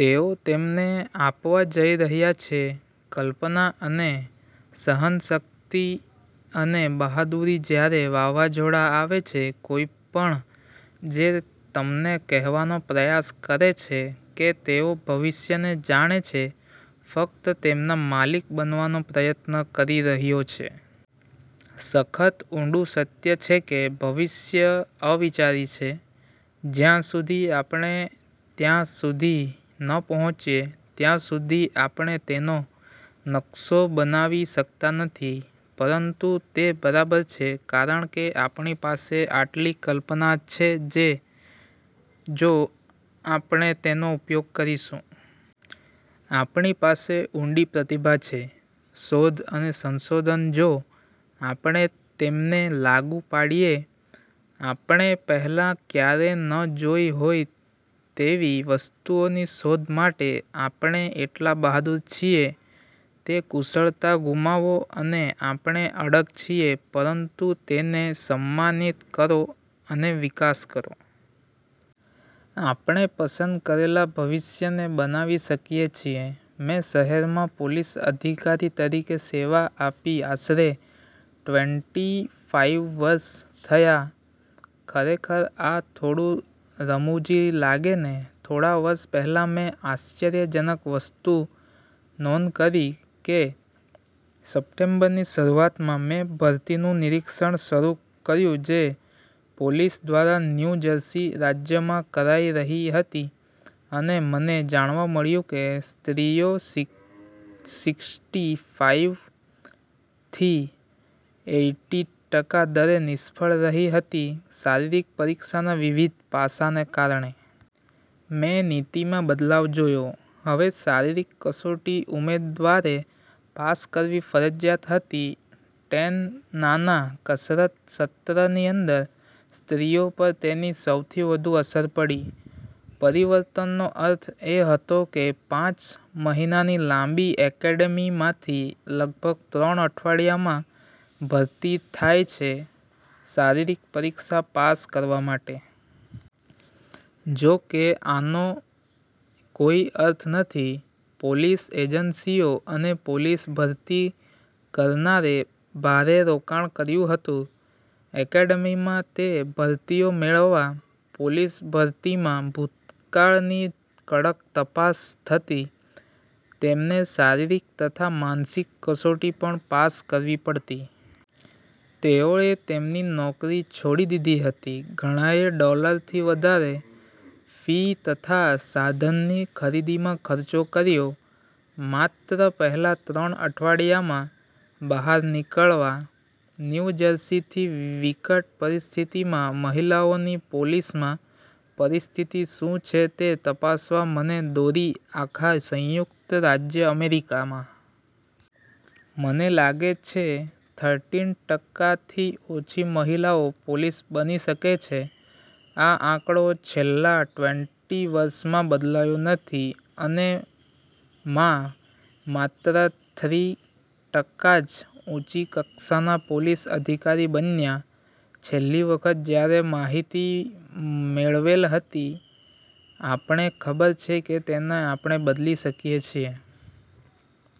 તેઓ તેમને આપવા જઈ રહ્યા છે કલ્પના અને સહનશક્તિ અને બહાદુરી જ્યારે વાવાઝોડા આવે છે. કોઈપણ જે તમને કહેવાનો પ્રયાસ કરે છે કે તેઓ ભવિષ્યને જાણે છે ફક્ત તેમના માલિક બનવાનો પ્રયત્ન કરી રહ્યો છે. સખત ઊંડૂ સત્ય છે કે ભવિષ્ય અવિચારી છે. જ્યાં સુધી આપણે ત્યાં ન પહોંચીએ, ત્યાં સુધી આપણે તેનો નકશો બનાવી શકતા નથી. પરંતુ તે બરાબર છે કારણ કે આપણી પાસે આટલી કલ્પના છે જો આપણે તેનો ઉપયોગ કરીશું. આપણી પાસે ઉંડી પ્રતિભા છે શોધ અને સંશોધન જો આપણે તેમને લાગુ પાડીએ. આપણે પહેલાં ક્યારેય ન જોઈ હોય તેવી વસ્તુઓની શોધ માટે આપણે એટલા બહાદુર છીએ. તે કુશળતા ગુમાવો અને આપણે અડગ છીએ પરંતુ તેમને સન્માનિત કરો અને વિકાસ કરો. આપણે પસંદ કરેલા ભવિષ્યને બનાવી શકીએ છીએ. મેં શહેરમાં પોલીસ અધિકારી તરીકે સેવા આપી આશરે ટ્વેન્ટી ફાઈવ વર્ષ થયા. ખરેખર આ થોડું રમુજી લાગે ને? થોડા વર્ષ પેહલા મેં આશ્ચર્યજનક વસ્તુ નોંધ કરી કે સપ્ટેમ્બરની શરૂઆતમાં મેં ભરતીનું નિરીક્ષણ શરુ કર્યું જે પોલીસ દ્વારા ન્યૂ જર્સી રાજ્યમાં કરાઈ રહી હતી અને મને જાણવા મળ્યું કે સ્ત્રીઓ સિક્સટી ફાઈવ થી એઈટી ટકાના દરે નિષ્ફળ રહી હતી શારીરિક પરીક્ષાના વિવિધ પાસા ને કારણે. મેં નીતિમાં બદલાવ જોયો. હવે શારીરિક કસોટી ઉમેદવારે પાસ કરવી ફરજીયાત હતી ટેન નાના કસરત સત્રની અંદર. સ્ત્રીઓ પર તેની સૌથી વધુ અસર પડી. પરિવર્તનનો અર્થ એ હતો કે પાંચ મહિનાની લાંબી એકેડેમીમાંથી લગભગ ત્રણ અઠવાડિયામાં ભરતી થાય છે શારીરિક પરીક્ષા પાસ કરવા માટે. જોકે આનો કોઈ અર્થ નથી. પોલીસ એજન્સીઓ અને પોલીસ ભરતી કરનારે ભારે રોકાણ કર્યું હતું એકેડેમીમાં તે ભરતીઓ મેળવવા. પોલીસ ભરતીમાં ભૂતકાળની કડક તાપસ થતી, તેમને શારીરિક તથા માનસિક કસોટી પણ પાસ કરવી પડતી. તેઓએ તેમની નોકરી છોડી દીધી હતી. ઘણાએ ડોલરથી વધારે ફી તથા સાધનની ખરીદીમાં ખર્ચો કર્યો. માત્ર પહેલા ત્રણ અઠવાડિયામાં બહાર નીકળવા? ન્યુ જર્સીની વિકટ પરિસ્થિતિમાં મહિલાઓની પોલીસમાં પરિસ્થિતિ શું છે તે તપાસવા મને દોરી આખા સંયુક્ત રાજ્ય અમેરિકામાં. મને લાગે છે થર્ટીન ટકાથી ઓછી મહિલાઓ પોલીસ બની શકે છે. આ આંકડો છેલ્લા ટ્વેન્ટી વર્ષમાં બદલાયો નથી. અને માં માત્ર થ્રી ટકા જ ઊંચી કક્ષાના પોલીસ અધિકારી બન્યા છેલ્લી વખત જયારે માહિતી મેળવેલ હતી. આપણે ખબર છે કે તેને આપણે બદલી શકીયે છીએ.